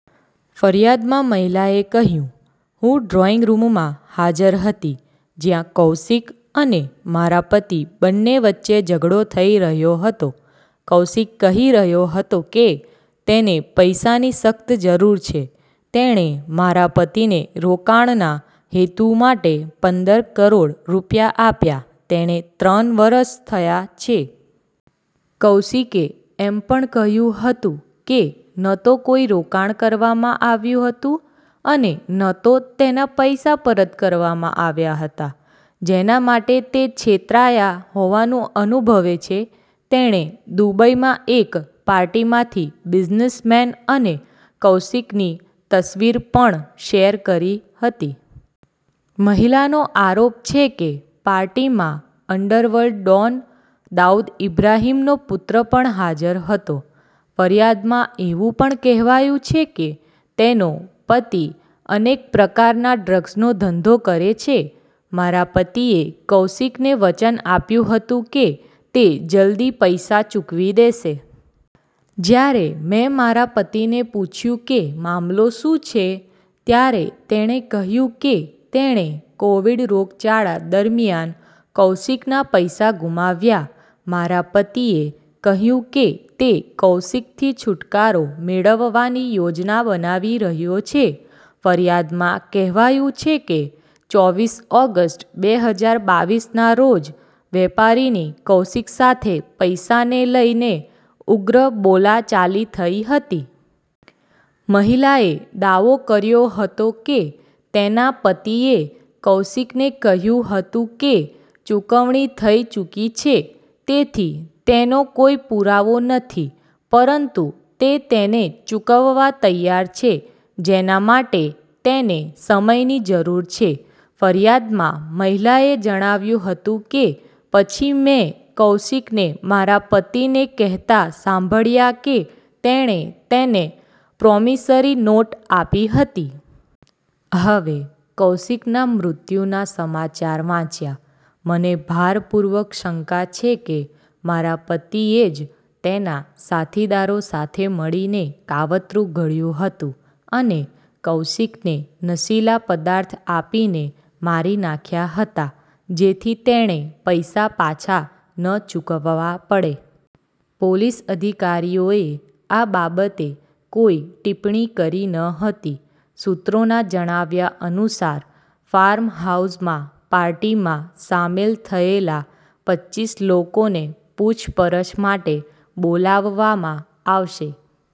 ફરિયાદમાં મહિલાએ કહ્યું- હું ડ્રોઈંગ રૂમમાં હાજર હતી જ્યાં કૌશિક અને મારા પતિ બંને વચ્ચે ઝઘડો થઈ રહ્યો હતો. કૌશિક કહી રહ્યો હતો કે તેને પૈસાની સખત જરૂર છે. તેણે મારા પતિને રોકાણના હેતુ માટે પંદર કરોડ રૂપિયા આપ્યા તેને ત્રણ વર્ષ થયા છે. કૌશિકે એમ પણ કહ્યું હતું કે, ન તો કોઈ રોકાણ કરવામાં આવ્યું હતું અને ન તો તેના પૈસા પરત કરવામાં આવ્યા હતા, જેના માટે તે છેતરાયા હોવાનું અનુભવે છે. તેણે દુબઈમાં એક પાર્ટીમાંથી બિઝનેસમેન અને કૌશિકની તસવીર પણ શેર કરી હતી. મહિલાનો આરોપ છે કે, પાર્ટીમાં અંડરવર્લ્ડ ડોન દાઉદ ઈબ્રાહિમનો પુત્ર પણ હાજર હતો. ફરિયાદમાં એવું પણ કહેવાયું છે કે, તેનો પતિ અનેક પ્રકારના ડ્રગ્સનો ધંધો કરે છે. મારા પતિએ કૌશિકને વચન આપ્યું હતું કે તે જલ્દી પૈસા ચૂકવી દેશે. જ્યારે મેં મારા પતિને પૂછ્યું કે મામલો શું છે, ત્યારે તેણે કહ્યું કે તેણે કોવિડ રોગચાળા દરમિયાન કૌશિકના પૈસા ગુમાવ્યા. મારા પતિએ કહ્યું કે તે કૌશિકથી છૂટકારો મેળવવાની યોજના બનાવી રહ્યો છે. ફરિયાદમાં કહેવાયું છે કે, ચોવીસ ઓગસ્ટ બે હજાર બાવીસના રોજ વેપારીની કૌશિક સાથે પૈસાને લઈને ઉગ્ર બોલાચાલી થઈ હતી. મહિલાએ દાવો કર્યો હતો કે તેના પતિએ કૌશિકને કહ્યું હતું કે ચૂકવણી થઈ ચૂકી છે, તેથી તેનો કોઈ પુરાવો નથી, પરંતુ તે તેને ચૂકવવા તૈયાર છે, જેના માટે તેને સમયની જરૂર છે. ફરિયાદમાં મહિલાએ જણાવ્યું હતું કે, "પછી મેં કૌશિકને મારા પતિને કહેતા સાંભળ્યા કે તેણે તેને પ્રોમિસરી નોટ આપી હતી. હવે કૌશિકના મૃત્યુના સમાચાર વાંચ્યા. મને ભારપૂર્વક શંકા છે કે મારા પતિએ જ તેના સાથીદારો સાથે મળીને કાવતરું ઘડ્યું હતું અને કૌશિકને નશીલા પદાર્થ આપીને મારી નાખ્યા હતા. જેથી તેણે પૈસા પાછા ન ચૂકવવા પડે. પોલીસ અધિકારીઓએ આ બાબતે કોઈ ટિપ્પણી કરી ન હતી. સૂત્રોના જણાવ્યા અનુસાર ફાર્મહાઉસમાં પાર્ટીમાં સામેલ થયેલા પચ્ચીસ લોકોને પૂછપરછ માટે બોલાવવામાં આવશે.